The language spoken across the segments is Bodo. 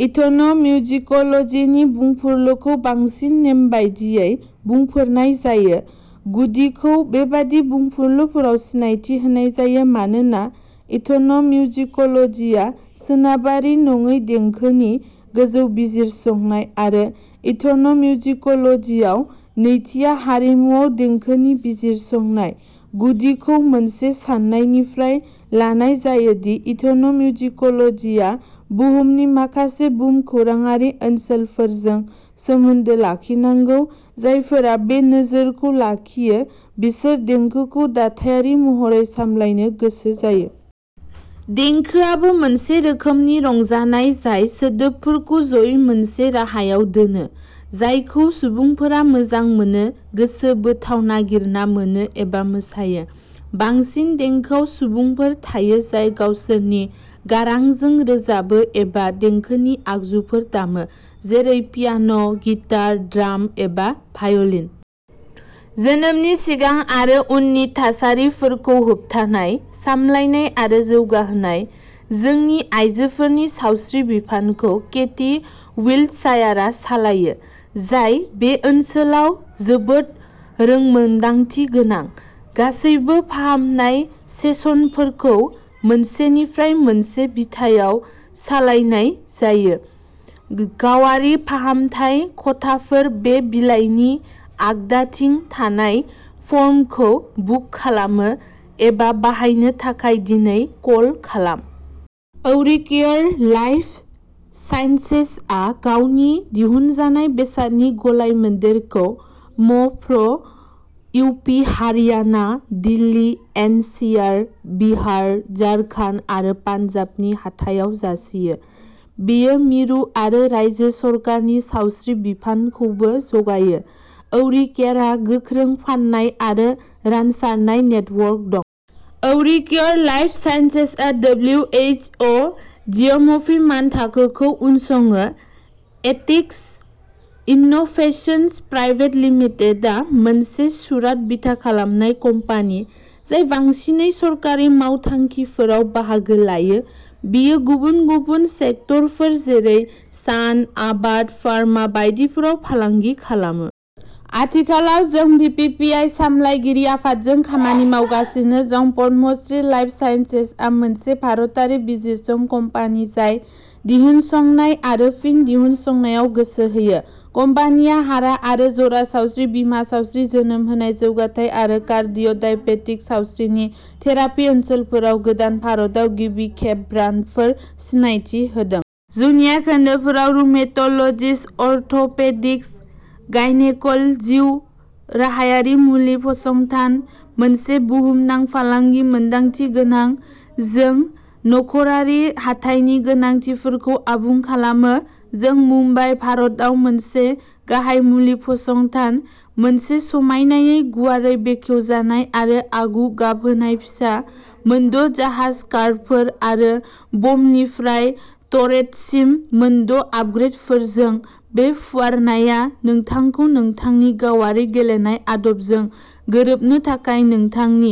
एथन' मिउजिक'लजिनि बुंफुरलुखौ बांसिन नेमबादियै बुंफोरनाय जायो, गुदिखौ बेबादि बुंफुरलुफोराव सिनायथि होनाय जायो मानोना एथन' मिउजिक'लजिया सोनाबारि नङै देंखोनि गोजौ बिजिरसंनाय, आरो एथन'मिउजिक'लजियाव नैथिआ हारिमुआव देंखोनि बिजिरसंनाय। गुदिखौ मोनसे सान्नायनिफ्राय लानाय जायो दि एथन'मिउजिक'लजिया बुहुमनि माखासे भुमखौराङारि ओनसोलफोरजों सोमोन्दो लाखिनांगौ जायफोरा बे नोजोरखौ लाखियो बिसोर देंखोखौ दाथायारि महरै सामलायनो गोसो जायो। देंखोआबो मोनसे रोखोमनि रंजानाय जाय सोदोबफोरखौ ज'यै मोनसे राहायाव दोनो जायखौ सुबुंफोरा मोजां मोनो, गोसो बोथाव नागिरना मोनो एबा मोसायो। बांसिन देंखोआव सुबुंफोर थायो जाय गावसोरनि गारांजों रोजाबो एबा देंखोनि आगजुफोर दामो, जेरै पियान', गिटार, ड्राम एबा भाय'लिन। जोनोमनि सिगां आरो उननि थासारिफोरखौ होबथानाय, सामलायनाय आरो जौगाहोनाय। जोंनि आयजोफोरनि सावस्रि बिफानखौ केटी विल्टशायारआ सालायो, जाय बे ओनसोलाव जोबोद रोंमोनदांथि गोनां। गासैबो फाहामनाय सेसनफोरखौ मोनसेनिफ्राय मोनसे बिथायाव सालायनाय जायो। गावारि फाहामथाय खथाफोर बे बिलाइनि आगदाथिं थानाय फर्मखौ बुक खालामनो एबा बाहायनो थाखाय दिनै कल खालाम। औरिकेयर लाइफ साइन्सेसआ गावनि दिहुनजानाय बेसादनि गलायमोन्देरखौ म प्र, U P, Haryana, Delhi N C R, Bihar, Jharkhand आरो पान्जाबनि हाथायाव जासियो। बेयो मिरु आरो रायजो सोरखारनि सावस्रि बिफानखौबो जगायो। औरिकेयारहा गोख्रों फान्नाय आरो रानसारनाय नेटवर्क दं। औरिकेयर लाइफ साइन्सेसआ डब्लिउ एइस अ जिएमपि मानथाखोखौ उनसङो। एथिक्स इन्नोभेशनस प्राइभेट लिमिटेडआ मोनसे सुरत बिथा खालामनाय कम्पानि, जाय बांसिनै सोरखारि मावथांखिफोराव बाहागो लायो। बेयो गुबुन गुबुन सेक्टरफोर जेरै सान, आबाद, फार्मा बायदिफोराव फालांगि खालामो। आथिखालाव जों बिपिपिआइ सामलायगिरि आफादजों खामानि मावगासिनो दं। पद्मश्री लाइफ साइन्सेसआ मोनसे भारतारि बिजिरसं कम्पानि जाय दिहुनसंनाय आरो फिन दिहुनसंनाय आव गोसो होयो। कम्पानिया हारा आरो जरा सावस्रि, बिमा सावस्रि, जोनोम होनाय जौगाथाय आरो कार्डिय' डायबेटिक सावस्रिनि थेरापि ओनसोलफोराव गोदान, भारताव गिबि खेब ब्रान्डफोर सिनायथि होदों। जुनिया खोन्दोफोरा रुमेट'लजिस्ट, अर्थ'पेडिक्स, गायनेक'ल जिउराहायारि मुलि फसंथान, मोनसे बुहुमनां फालांगि मोनदांथि गोनां। जों नखरारि हाथाइनि गोनांथिफोरखौ आबुं खालामो। जों मुम्बाइ, भारतआव मोनसे गाहाय मुलि फसंथान। मोनसे समायनायै गुवारै बेखेवजानाय आरो आगु गाब होनाय फिसा, मोनद' जाहाज कार्डफोर, आरो बमनिफ्राय टर्रेटसिम मोनद'आपग्रेदफोरजों, बे फुवारनाया नोंथांखौ नोंथांनि गावारि गेलेनाय आदबजों गोरोबनो थाखाय नोंथांनि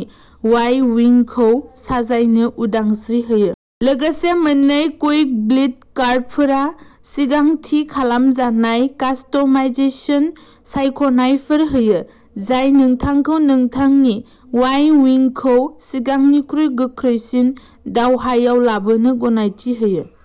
वाइ उइंखौ साजायनो उदांस्रि होयो। लोगोसे, मोन्नै कुइक बिल्ड कार्डफोरा सिगां थि खालामनाय कास्टमाइजेशन सायख'नायफोर होयो, जाय नोंथांखौ नोंथांनि वाइ-उइंखौ सिगांनिख्रुइ गोख्रैसिन दावहायाव लाबोनो गनायथि होयो।